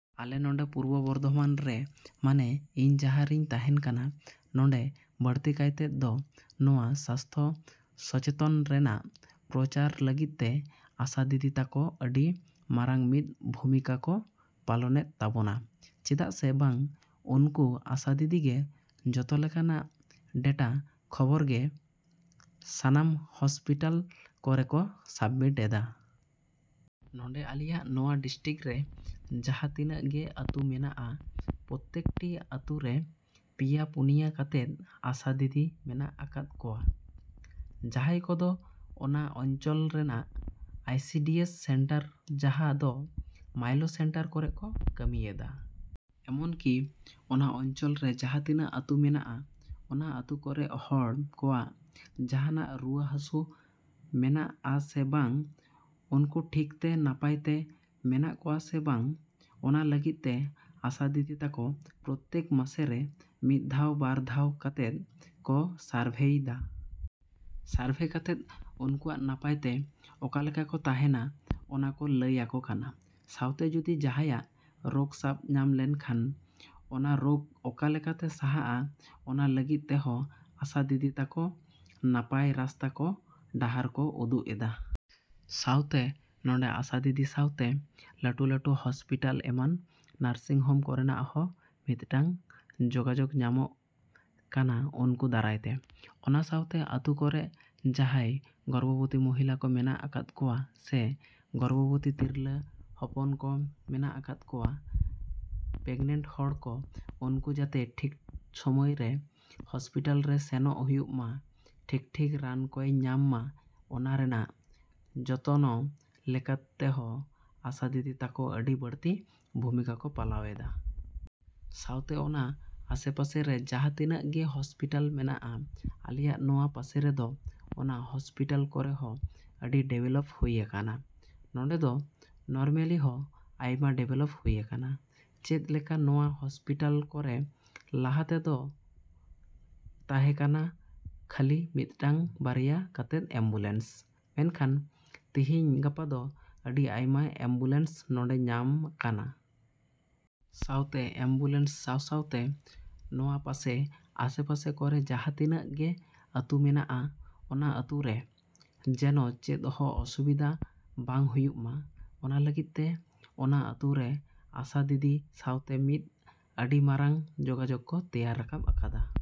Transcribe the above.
‎ᱟᱞᱮ ᱱᱚᱰᱮ ᱯᱩᱨᱵᱚ ᱵᱚᱨᱫᱷᱚᱢᱟᱱ ᱨᱮ ᱢᱟᱱᱮ ᱤᱧ ᱡᱟᱦᱟᱸ ᱨᱤᱧ ᱛᱟᱦᱮᱸᱱ ᱠᱟᱱᱟ, ᱱᱚᱰᱮ ᱵᱟᱲᱛᱤ ᱠᱟᱭᱛᱮᱫ ᱫᱚ ᱱᱚᱣᱟ ᱥᱟᱥᱛᱷᱚ ᱥᱚᱪᱮᱛᱚᱱ ᱨᱮᱱᱟᱜ ᱯᱨᱚᱪᱟᱨ ᱞᱟᱹᱜᱤᱫ ᱛᱮ ᱟᱥᱟ ᱫᱤᱫᱤ ᱛᱟᱠᱚ ᱟᱹᱰᱤ ᱢᱟᱨᱟᱝ ᱢᱤᱫ ᱵᱷᱩᱢᱤᱠᱟ ᱠᱚ ᱯᱟᱞᱚᱱᱮᱫ ᱛᱟᱵᱚᱱᱟ᱾ ᱪᱮᱫᱟᱜ ᱥᱮ ᱵᱟᱝ ᱱᱩᱠᱩ ᱟᱥᱟ ᱫᱤᱫᱤ ᱜᱮ ᱡᱚᱛᱚ ᱞᱮᱠᱟᱱᱟᱜ ᱰᱮᱴᱟ ᱠᱷᱚᱵᱚᱨ ᱜᱮ ᱥᱟᱱᱟᱢ ᱦᱚᱥᱯᱤᱴᱟᱞ ᱠᱚᱨᱮ ᱠᱚ ᱥᱟᱵᱢᱤᱴ ᱮᱫᱟ᱾ ᱱᱚᱰᱮ ᱟᱞᱮᱭᱟᱜ ᱱᱚᱣᱟ ᱰᱤᱥᱴᱤᱠ ᱨᱮ ᱡᱟᱦᱟᱸ ᱛᱤᱱᱟᱹᱜ ᱜᱮ ᱟᱹᱛᱩ ᱢᱮᱱᱟᱜᱼᱟ, ᱯᱚᱛᱮᱠ ᱴᱤ ᱟᱹᱛᱩ ᱨᱮ ᱯᱮᱭᱟ ᱯᱩᱱᱭᱟᱹ ᱠᱟᱛᱮᱫ ᱟᱥᱟ ᱫᱤᱫᱤ ᱢᱮᱱᱟᱜ ᱟᱠᱟᱫ ᱠᱚᱣᱟ, ᱡᱟᱦᱟᱭ ᱠᱚᱫᱚ ᱚᱱᱟ ᱚᱧᱪᱚᱞ ᱨᱮᱱᱟᱜ ᱟᱭᱥᱤᱰᱤᱭᱮᱥ ᱥᱮᱱᱴᱟᱨ ᱡᱟᱦᱟᱸ ᱫᱚ ᱢᱟᱭᱞᱚ ᱥᱮᱱᱴᱟᱨ ᱠᱚᱨᱮ ᱠᱚ ᱠᱟᱹᱢᱤᱭᱮᱫᱟ᱾ ᱮᱢᱚᱱ ᱠᱤ ᱚᱱᱟ ᱚᱧᱪᱚᱞ ᱨᱮ ᱡᱟᱦᱟᱸ ᱛᱤᱱᱟᱹᱜ ᱟᱹᱛᱩ ᱢᱮᱱᱟᱜᱼᱟ, ᱚᱱᱟ ᱟᱹᱛᱩ ᱠᱚᱨᱮᱱ ᱦᱚᱲ ᱠᱚᱣᱟᱜ ᱡᱟᱦᱟᱱᱟᱜ ᱨᱩᱣᱟᱹ ᱦᱟᱥᱩ ᱢᱮᱱᱟᱜᱼᱟ ᱥᱮ ᱵᱟᱝ ᱩᱱᱠᱩ ᱴᱷᱤᱠ ᱛᱮ ᱱᱟᱯᱟᱭ ᱛᱮ ᱢᱮᱱᱟᱜ ᱠᱚᱣᱟ ᱥᱮ ᱵᱟᱝ, ᱚᱱᱟ ᱞᱟᱹᱜᱤᱫ ᱛᱮ ᱟᱥᱟ ᱫᱤᱫᱤ ᱛᱟᱠᱚ ᱯᱨᱚᱛᱤ ᱢᱟᱥᱮ ᱨᱮ ᱢᱤᱫ ᱫᱷᱟᱣ ᱵᱟᱨ ᱫᱷᱟᱣ ᱠᱟᱛᱮᱫ ᱠᱚ ᱥᱟᱨᱵᱷᱮᱭ ᱫᱟ᱾ ᱥᱟᱨᱵᱷᱮ ᱠᱟᱛᱮᱫ ᱩᱱᱠᱩᱣᱟᱜ ᱱᱟᱯᱟᱭ ᱛᱮ ᱚᱠᱟᱞᱮᱠᱟ ᱠᱚ ᱛᱟᱦᱮᱸᱱᱟ ᱚᱱᱟ ᱠᱚ ᱞᱟᱹᱭ ᱟᱠᱚ ᱠᱟᱱᱟ᱾ ᱥᱟᱶᱛᱮ ᱡᱩᱫᱤ ᱡᱟᱦᱟᱭᱟᱜ ᱨᱳᱠ ᱥᱟᱵᱽ ᱧᱟᱢ ᱞᱮᱱᱠᱷᱟᱱ, ᱚᱱᱟ ᱨᱳᱠ ᱚᱠᱟ ᱞᱮᱠᱟᱛᱮ ᱥᱟᱦᱟᱜᱼᱟ ᱚᱱᱟ ᱞᱟᱹᱜᱤᱫ ᱛᱮᱦᱚᱸ ᱟᱥᱟ ᱫᱤᱫᱤ ᱛᱟᱠᱚ ᱱᱟᱯᱟᱭ ᱨᱟᱥᱛᱟ ᱠᱚ ᱰᱟᱦᱟᱨ ᱠᱚ ᱩᱫᱩᱜ ᱮᱫᱟ᱾ ᱥᱟᱶᱛᱮ ᱱᱚᱰᱮ ᱟᱥᱟ ᱫᱤᱫᱤ ᱥᱟᱶᱛᱮ ᱞᱟᱹᱴᱩ ᱞᱟᱹᱴᱩ ᱦᱚᱥᱯᱤᱴᱟᱞ ᱮᱢᱟᱱ ᱱᱟᱨᱥᱤᱝ ᱦᱚᱢ ᱠᱚᱨᱮᱱᱟᱜ ᱦᱚᱸ ᱢᱤᱫᱴᱟᱝ ᱡᱚᱜᱟᱡᱚᱜ ᱧᱟᱢᱚᱜ ᱠᱟᱱᱟ ᱩᱱᱠᱩ ᱫᱟᱨᱟᱭ ᱛᱮ᱾ ᱚᱱᱟ ᱥᱟᱶᱛᱮ ᱟᱹᱛᱩ ᱠᱚᱨᱮ ᱡᱟᱦᱟᱭ ᱜᱚᱨᱵᱚᱵᱚᱛᱤ ᱢᱚᱦᱤᱞᱟ ᱠᱚ ᱢᱮᱱᱟᱜ ᱟᱠᱟᱫ ᱠᱚᱣᱟ ᱥᱮ ᱜᱚᱨᱵᱷᱚᱵᱚᱛᱤ ᱛᱤᱨᱞᱟᱹ ᱦᱚᱯᱚᱱ ᱠᱚ ᱢᱮᱱᱟᱜ ᱟᱠᱟᱫ ᱠᱚᱣᱟ, ᱯᱮᱜᱱᱮᱴ ᱦᱚᱲ ᱠᱚ, ᱩᱱᱠᱩ ᱡᱟᱛᱮ ᱴᱷᱤᱠ ᱥᱚᱢᱚᱭ ᱨᱮ ᱦᱚᱥᱯᱤᱴᱟᱞ ᱨᱮ ᱥᱮᱱᱚᱜ ᱦᱩᱭᱩᱜ ᱢᱟ, ᱴᱷᱤᱠᱼᱴᱷᱤᱠ ᱨᱟᱱ ᱠᱚᱭ ᱧᱟᱢ ᱢᱟ, ᱚᱱᱟ ᱨᱮᱱᱟᱜ ᱡᱚᱛᱚᱱᱚ ᱞᱮᱠᱟ ᱛᱮᱦᱚᱸ ᱟᱥᱟ ᱫᱤᱫᱤ ᱛᱟᱠᱚ ᱟᱹᱰᱤ ᱵᱟᱲᱛᱤ ᱵᱷᱩᱢᱤᱠᱟ ᱠᱚ ᱯᱟᱞᱟᱣ ᱮᱫᱟ᱾ ᱥᱟᱶᱛᱮ ᱚᱱᱟ ᱟᱥᱮ ᱯᱟᱥᱮ ᱨᱮ ᱡᱟᱦᱟᱸ ᱛᱤᱱᱟᱹᱜ ᱜᱮ ᱦᱚᱥᱯᱤᱴᱟᱞ ᱢᱮᱱᱟᱜᱼᱟ ᱟᱞᱮᱭᱟᱜ ᱱᱚᱣᱟ ᱯᱟᱥᱮ ᱨᱮ ᱫᱚ ᱚᱱᱟ ᱦᱚᱥᱯᱤᱴᱟᱞ ᱠᱚᱨᱮ ᱦᱚᱸ ᱟᱹᱰᱤ ᱰᱮᱵᱞᱚᱯ ᱦᱩᱭ ᱟᱠᱟᱱᱟ᱾ ᱱᱚᱰᱮ ᱫᱚ ᱱᱚᱨᱢᱮᱞᱤ ᱦᱚᱸ ᱟᱭᱢᱟ ᱰᱮᱵᱞᱚᱯ ᱦᱩᱭ ᱟᱠᱟᱱᱟ᱾ ᱪᱮᱫ ᱞᱮᱠᱟ ᱱᱚᱣᱟ ᱦᱚᱥᱯᱤᱴᱟᱞ ᱠᱚᱨᱮ ᱞᱟᱦᱟ ᱛᱮᱫᱚ ᱛᱟᱦᱮᱸ ᱠᱟᱱᱟ ᱠᱷᱟᱹᱞᱤ ᱢᱤᱫᱴᱟᱝ ᱵᱟᱨᱭᱟ ᱠᱟᱛᱮᱫ ᱮᱢᱵᱩᱞᱮᱱᱥ, ᱢᱮᱱᱠᱷᱟᱱ ᱛᱤᱦᱤᱧ ᱜᱟᱯᱟ ᱫᱚ ᱟᱹᱰᱤ ᱟᱭᱢᱟ ᱮᱢᱵᱩᱞᱮᱱᱥ ᱱᱚᱰᱮ ᱧᱟᱢ ᱟᱠᱟᱱᱟ᱾ ᱥᱟᱶᱛᱮ ᱮᱢᱵᱩᱞᱮᱱᱥ ᱥᱟᱶᱼᱥᱟᱶᱛᱮ ᱱᱚᱣᱟ ᱯᱟᱥᱮ ᱟᱥᱮᱯᱟᱥᱮ ᱠᱚᱨᱮ ᱡᱟᱦᱟᱸ ᱛᱤᱱᱟᱹᱜ ᱜᱮ ᱟᱹᱛᱩ ᱢᱮᱱᱟᱜᱼᱟ, ᱚᱱᱟ ᱟᱹᱛᱩ ᱨᱮ ᱡᱮᱱᱚ ᱪᱮᱫ ᱦᱚᱸ ᱚᱥᱩᱵᱤᱫᱟ ᱵᱟᱝ ᱦᱩᱭᱩᱜ ᱢᱟ, ᱚᱱᱟ ᱞᱟᱹᱜᱤᱫ ᱛᱮ ᱚᱱᱟ ᱟᱹᱛᱩ ᱨᱮ ᱟᱥᱟ ᱫᱤᱫᱤ ᱥᱟᱶᱛᱮ ᱢᱤᱫ ᱟᱹᱰᱤ ᱢᱟᱨᱟᱝ ᱡᱚᱜᱟᱡᱚᱜ ᱠᱚ ᱛᱮᱭᱟᱨ ᱨᱟᱠᱟᱵ ᱟᱠᱟᱫᱟ᱾